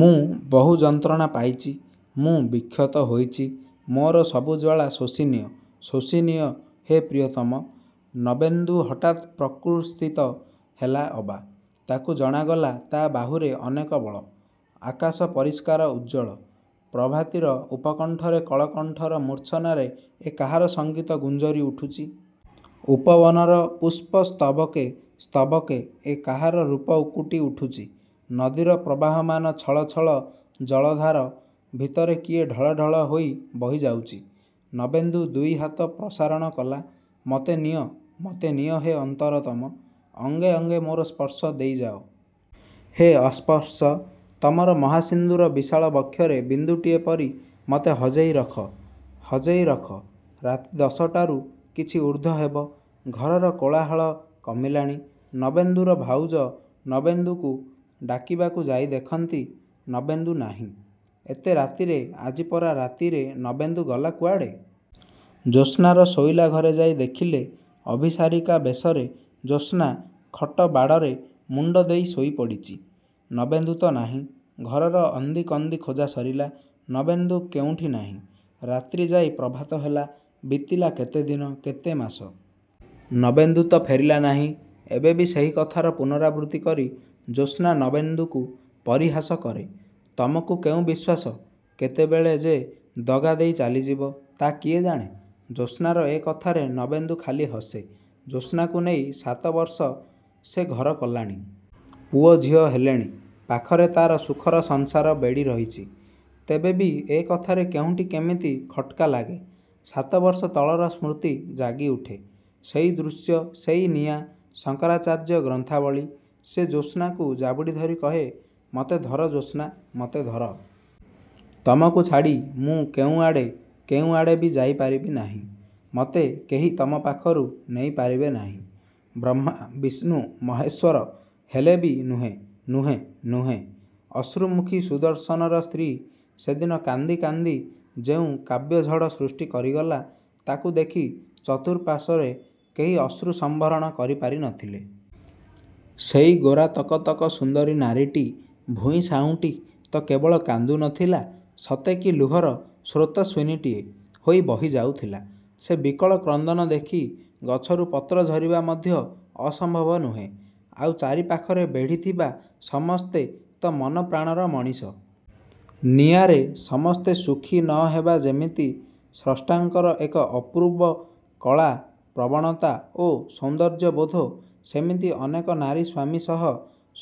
"ମୁଁ ବହୁ ଯନ୍ତ୍ରଣା ପାଇଚି, ମୁଁ ବିକ୍ଷତ ହୋଇଚି। ମୋର ସବୁ ଜ୍ଵାଳା ଶୋଷିନିଅ, ଶୋଷିନିଅ, ହେ ପ୍ରିୟତମ।"ନବେନ୍ଦୁ ହଠାତ୍ ପ୍ରକୃତିସ୍ଥ ହେଲା ଅବା, ତାକୁ ଜଣାଗଲା ତା' ବାହୁରେ ଅନେକ ବଳ! ଆକାଶ ପରିଷ୍କାର, ଉଜ୍ଜ୍ୱଳ। ପ୍ରଭାତୀର ଉପକଣ୍ଠରେ କଳକଣ୍ଠର ମୂର୍ଚ୍ଛନାରେ ଏ କାହାର ସଂଗୀତ ଗୁଞ୍ଜରି ଉଠୁଚି? ଉପବନର ପୁଷ୍ପ ସ୍ତବକେ ସ୍ତବକେ ଏ କାହାର ରୂପ ଉକୁଟି ଉଠୁଚି? ନଦୀର ପ୍ରବାହମାନ ଛଳ ଛଳ ଜଳାଧାର ଭିତରେ କିଏ ଢଳ ଢଳ ହୋଇ ବହିଯାଉଚି? ନବେନ୍ଦୁ ଦୁଇହାତ ପ୍ରସାରଣ କଲା, "ମତେ ନିଅ, ମତେ ନିଅ ହେ ଅନ୍ତରତମ। ଅଙ୍ଗେ ଅଙ୍ଗେ ମୋର ସ୍ପର୍ଶ ଦେଇଯାଅ। ହେ ଅସ୍ପର୍ଶ! ତମର ମହାସିନ୍ଧୁର ବିଶାଳ ବକ୍ଷରେ ବିନ୍ଦୁଟିଏ ପରି ମତେ ହଜେଇ ରଖ, ହଜେଇ ରଖ!"ରାତି ଦଶଟାରୁ କିଛି ଊର୍ଦ୍ଧ୍ଵ ହେବ! ଘରର କୋଳାହଳ କମିଲାଣି। ନବେନ୍ଦୁର ଭାଉଜ, ନବେନ୍ଦୁକୁ ଡାକିବାକୁ ଯାଇ ଦେଖନ୍ତି, ନବେନ୍ଦୁ ନାହିଁ। ଏତେ ରାତିରେ, ଆଜି ପରା ରାତିରେ ନବେନ୍ଦୁ ଗଲା କୁଆଡ଼େ? ଜ୍ୟୋତ୍ସ୍ନାର ଶୋଇଲା ଘରେ ଯାଇ ଦେଖିଲେ, ଅଭିସାରିକା ବେଶରେ ଜ୍ୟୋତ୍ସ୍ନା ଖଟ ବାଡ଼ରେ ମୁଣ୍ଡ ଦେଇ ଶୋଇ ପଡ଼ିଚି। ନବେନ୍ଦୁ ତ ନାହିଁ। ଘରର ଅନ୍ଦିକନ୍ଦି ଖୋଜା ସରିଲା। ନବେନ୍ଦୁ କେଉଁଠି ନାହିଁ। ରାତ୍ରି ଯାଇ ପ୍ରଭାତ ହେଲା। ବିତିଲା କେତେ ଦିନ, କେତେ ମାସ! ନବେନ୍ଦୁ ତ ଫେରିଲା ନାହିଁ? ଏବେ ବି ସେହି କଥାର ପୁନରାବୃତ୍ତି କରି ଜ୍ୟୋତ୍ସ୍ନା ନବେନ୍ଦୁକୁ ପରିହାସ କରେ, "ତମକୁ କେଉଁ ବିଶ୍ୱାସ? କେତେବେଳେ ଯେ ଦଗାଦେଇ ଚାଲିଯିବ, ତା' କିଏ ଜାଣେ?"ଜ୍ୟୋତ୍ସ୍ନାର ଏ କଥାରେ ନବେନ୍ଦୁ ଖାଲି ହସେ। ଜ୍ୟୋତ୍ସ୍ନାକୁ ନେଇ ସାତ ବର୍ଷ ସେ ଘର କଲାଣି! ପୁଅ ଝିଅ ହେଲେଣି। ପାଖରେ ତାର ସୁଖର ସଂସାର ବେଢ଼ି ରହିଛି। ତେବେ ବି ଏ କଥାରେ କେଉଁଠି କେମିତି ଖଟ୍‌କା ଲାଗେ। ସାତବର୍ଷ ତଳର ସ୍ମୃତି ଜାଗିଉଠେ। ସେଇ ଦୃଶ୍ୟ, ସେଇ ନିଆଁ, ଶଙ୍କରାଚାର୍ଯ୍ୟ ଗ୍ରନ୍ଥାବଳୀ। ସେ ଜ୍ୟୋତ୍ସ୍ନାକୁ ଜାବୁଡ଼ିଧରି କହେ, "ମତେ ଧର ଜ୍ୟୋତ୍ସ୍ନା, ମତେ ଧର! ତମକୁ ଛାଡ଼ି ମୁଁ କେଉଁଆଡ଼େ, କେଉଁଆଡ଼େ ବି ଯାଇପାରିବି ନାହିଁ। ମତେ କେହି ତମ ପାଖରୁ ନେଇ ପାରିବେ ନାହିଁ। ବ୍ରହ୍ମା, ବିଷ୍ଣୁ, ମହେଶ୍ୱର ହେଲେ ବି ନୁହେଁ, ନୁହେଁ, ନୁହେଁ!" ଅଶ୍ରୁମୁଖୀ ସୁଦର୍ଶନର ସ୍ତ୍ରୀ ସେଦିନ କାନ୍ଦି କାନ୍ଦି ଯେଉଁ କାବ୍ୟଝଡ଼ ସୃଷ୍ଟି କରିଗଲା, ତାକୁ ଦେଖି ଚତୁଃପାର୍ଶ୍ୱରେ କେହି ଅଶ୍ରୁ ସମ୍ଭରଣ କରିପାରି ନ ଥିଲେ। ସେଇ ଗୋରା ତକ ତକ ସୁନ୍ଦରୀ ନାରୀଟି ଭୂଇଁ ସାଉଁଟି ତ କେବଳ କାନ୍ଦୁ ନଥିଲା, ସତେ କି ଲୁହର ସ୍ରୋତସ୍ୱିନୀଟିଏ ହୋଇ ବହିଯାଉଥିଲା। ସେ ବିକଳ କ୍ରନ୍ଦନ ଦେଖି ଗଛରୁ ପତ୍ର ଝରିବା ମଧ୍ୟ ଅସମ୍ଭବ ନୁହେଁ, ଆଉ ଚାରି ପାଖରେ ବେଢ଼ିଥିବା ସମସ୍ତେ ତ ମନପ୍ରାଣର ମଣିଷ। ନିଆରେ ସମସ୍ତେ ସୁଖୀ ନ ହେବା ଯେମିତି ସ୍ରଷ୍ଟାଙ୍କର ଏକ ଅପୂର୍ବ କଳା ପ୍ରବଣତା ଓ ସୌନ୍ଦର୍ଯ୍ୟବୋଧ, ସେମିତି ଅନେକ ନାରୀ ସ୍ଵାମୀ ସହ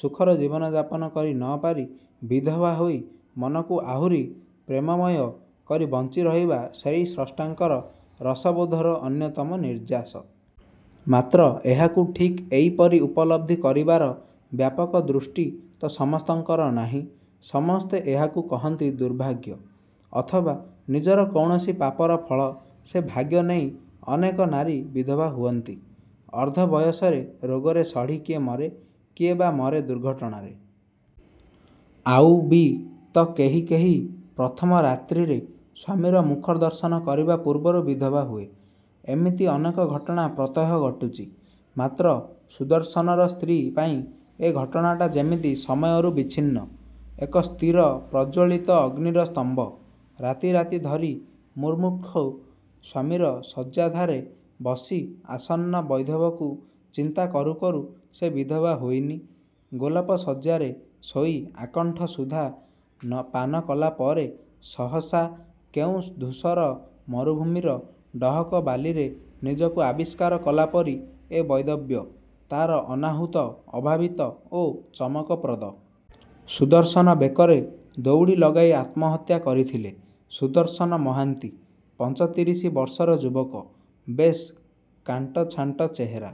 ସୁଖର ଜୀବନଯାପନ କରି ନ ପାରି, ବିଧବା ହୋଇ, ମନକୁ ଆହୁରି ପ୍ରେମମୟ କରି ବଞ୍ଚିରହିବା ସେଇ ସ୍ରଷ୍ଟାଙ୍କର ରସବୋଧର ଅନ୍ୟତମ ନିର୍ଯ୍ୟାସ। ମାତ୍ର ଏହାକୁ ଠିକ୍ ଏଇପରି ଉପଲବ୍ଧି କରିବାର ବ୍ୟାପକ ଦୃଷ୍ଟି ତ ସମସ୍ତଙ୍କର ନାହିଁ! ସମସ୍ତେ ଏହାକୁ କହନ୍ତି ଦୁର୍ଭାଗ୍ୟ। ଅଥବା ନିଜର କୌଣସି ପାପର ଫଳ ସେ ଭାଗ୍ୟ ନେଇ ଅନେକ ନାରୀ ବିଧବା ହୁଅନ୍ତି। ଅର୍ଦ୍ଧ ବୟସରେ, ରୋଗରେ ସଢ଼ି କିଏ ମରେ, କିଏ ବା ମରେ ଦୁର୍ଘଟଣାରେ। ଆଉ ବି ତ କେହି କେହି ପ୍ରଥମ ରାତ୍ରିରେ, ସ୍ୱାମୀର ମୁଖଦର୍ଶନ କରିବା ପୂର୍ବରୁ ବିଧବା ହୁଏ। ଏମିତି ଅନେକ ଘଟଣା ପ୍ରତ୍ୟହ ଘଟୁଛି। ମାତ୍ର ସୁଦର୍ଶନର ସ୍ତ୍ରୀ ପାଇଁ ଏ ଘଟଣାଟା ଯେମିତି ସମୟରୁ ବିଚ୍ଛିନ୍ନ। ଏକ ସ୍ଥିର, ପ୍ରଜ୍ଜ୍ୱଳିତ ଅଗ୍ନିର ସ୍ତମ୍ଭ। ରାତି ରାତି ଧରି ମୁମୂକ୍ଷୁ ସ୍ୱାମୀର ଶଯ୍ୟାଧାରେ ବସି, ଆସନ୍ନ ବୈଧବ୍ୟକୁ ଚିନ୍ତା କରୁ କରୁ ସେ ବିଧବା ହୋଇନି, ଗୋଲାପଶଯ୍ୟାରେ ଶୋଇ, ଆକଣ୍ଠ ସୁଧା ପାନ କଲା ପରେ, ସହସା, କେଉଁ ଧୂସର ମରୁଭୂମିର ଡହକ ବାଲିରେ ନିଜକୁ ଆବିଷ୍କାର କଲା ପରି ଏ ବୈଧବ୍ୟ ତାର ଅନାହୂତ, ଅଭାବିତ ଓ ଚମକପ୍ରଦ। ସୁଦର୍ଶନ ବେକରେ ଦଉଡ଼ି ଲଗାଇ ଆତ୍ମହତ୍ୟା କରିଥିଲେ। ସୁଦର୍ଶନ ମହାନ୍ତି, ପଞ୍ଚତିରିଶି ବର୍ଷର ଯୁବକ। ବେଶ୍ କାଣ୍ଟ ଛାଣ୍ଟ ଚେହେରା।